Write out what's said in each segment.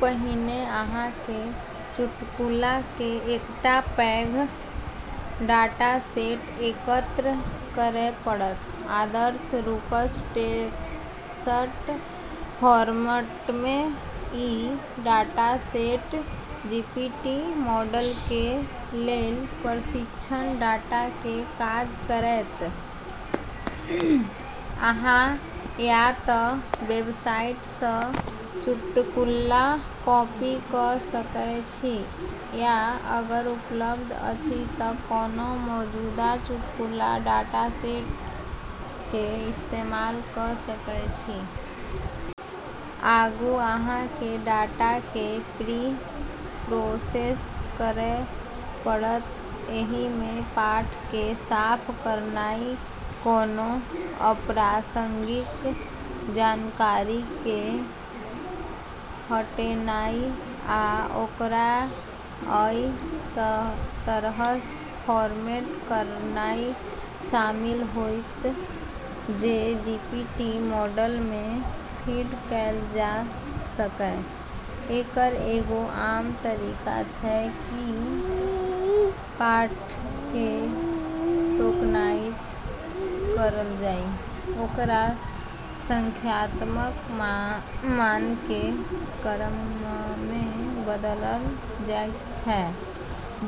पहिने अहाँके चुटकुलाके एकटा पैघ डाटासेट एकत्र करय पड़त, आदर्श रूपसँ टेक्स्ट फॉर्मेटमे। ई डाटासेट जीपीटी मॉडलके लेल प्रशिक्षण डाटाके काज करतै। अहाँ या त' वेबसाइट सँ चुटकुला कॉपी क' सकय छी या अगर उपलब्ध अछि त' कोनो मौजूदा चुटकुला डाटासेटके इस्तेमाल क' सकय छी । आगू, अहाँके डाटाके प्री- प्रोसेस करय पड़त । एहिमे पाठके साफ करनाइ, कोनो अप्रासंगिक जानकारीके हटेनाइ, आ ओकरा अइ तरहसँ फॉर्मेट करनाइ शामिल होइत जे जीपीटी मॉडलमे फीड कैल जा सकय। एकर एगो आम तरीका छै कि पाठके टोकनाइज करल जाइ, ओकरा संख्यात्मक मानके क्रममे बदलल जाइत छै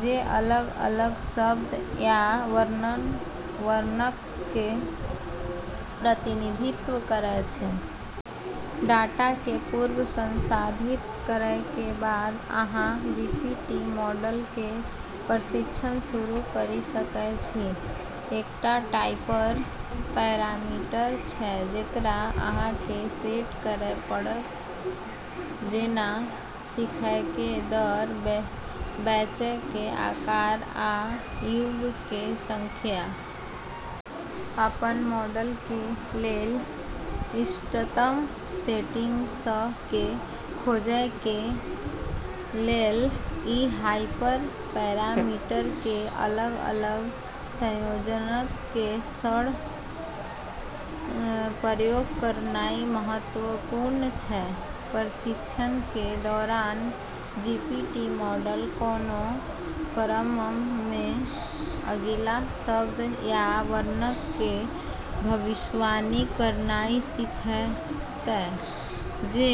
जे अलग-अलग शब्द या वर्णके प्रतिनिधित्व करै छै। डाटाके पूर्व संसाधित करैके बाद, अहाँ जीपीटी मॉडलके प्रशिक्षण शुरू करि सकै छी । कएटा हाइपर- पैरामीटर छै जेकरा अहाँके सेट करै पड़त, जेना सीखयके दर, बैचके आकार, आ युगके संख्या । अपन मॉडलके लेल इष्टतम सेटिंग्सके खोजैके लेल ई हाइपर- पैरामीटरके अलग-अलग संयोजनके सङ्ग प्रयोग करनाइ महत्वपूर्ण छै । प्रशिक्षणके दौरान जीपीटी मॉडल कोनो क्रममे अगिला शब्द या वर्णके भविष्यवाणी करनाइ सीखतै, जे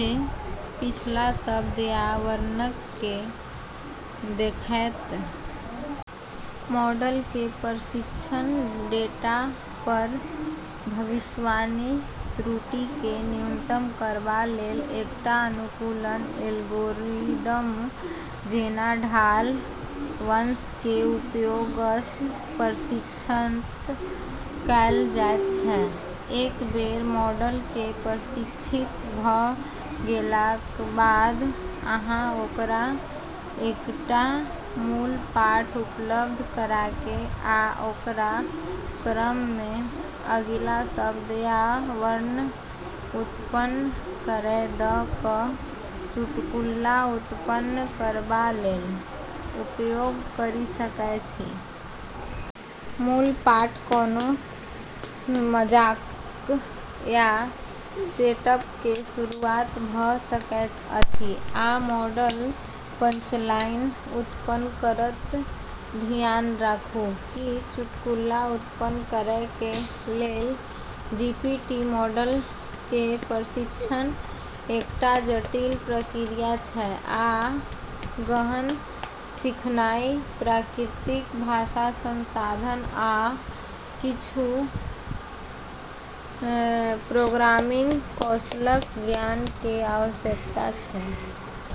पिछला शब्द या वर्णके देखतै । मॉडलके प्रशिक्षण डेटा पर भविष्यवाणी त्रुटिके न्यूनतम करबा लेल एकटा अनुकूलन एल्गोरिदम, जेना ढाल वंशके उपयोगसँ प्रशिक्षित कैल जाइत छै । एक बेर मॉडलके प्रशिक्षित भ' गेलाक बाद, अहाँ ओकरा एकटा मूल पाठ उपलब्ध कराके आ ओकरा क्रममे अगिला शब्द या वर्ण उत्पन्न करै द' क' चुटकुला उत्पन्न करबा लेल उपयोग करि सकै छी । मूल पाठ कोनो मजाक या सेटअपके शुरुआत भ' सकैत अछि, आ मॉडल पंचलाइन उत्पन्न करत। धियान राखु, कि चुटकुला उत्पन्न करैके लेल जीपीटी मॉडलके प्रशिक्षण एकटा जटिल प्रक्रिया छै, आ गहन सिखनाइ, प्राकृतिक भाषा संसाधन, आ किछ प्रोग्रामिंग कौशलक ज्ञानके आवश्यकता छै।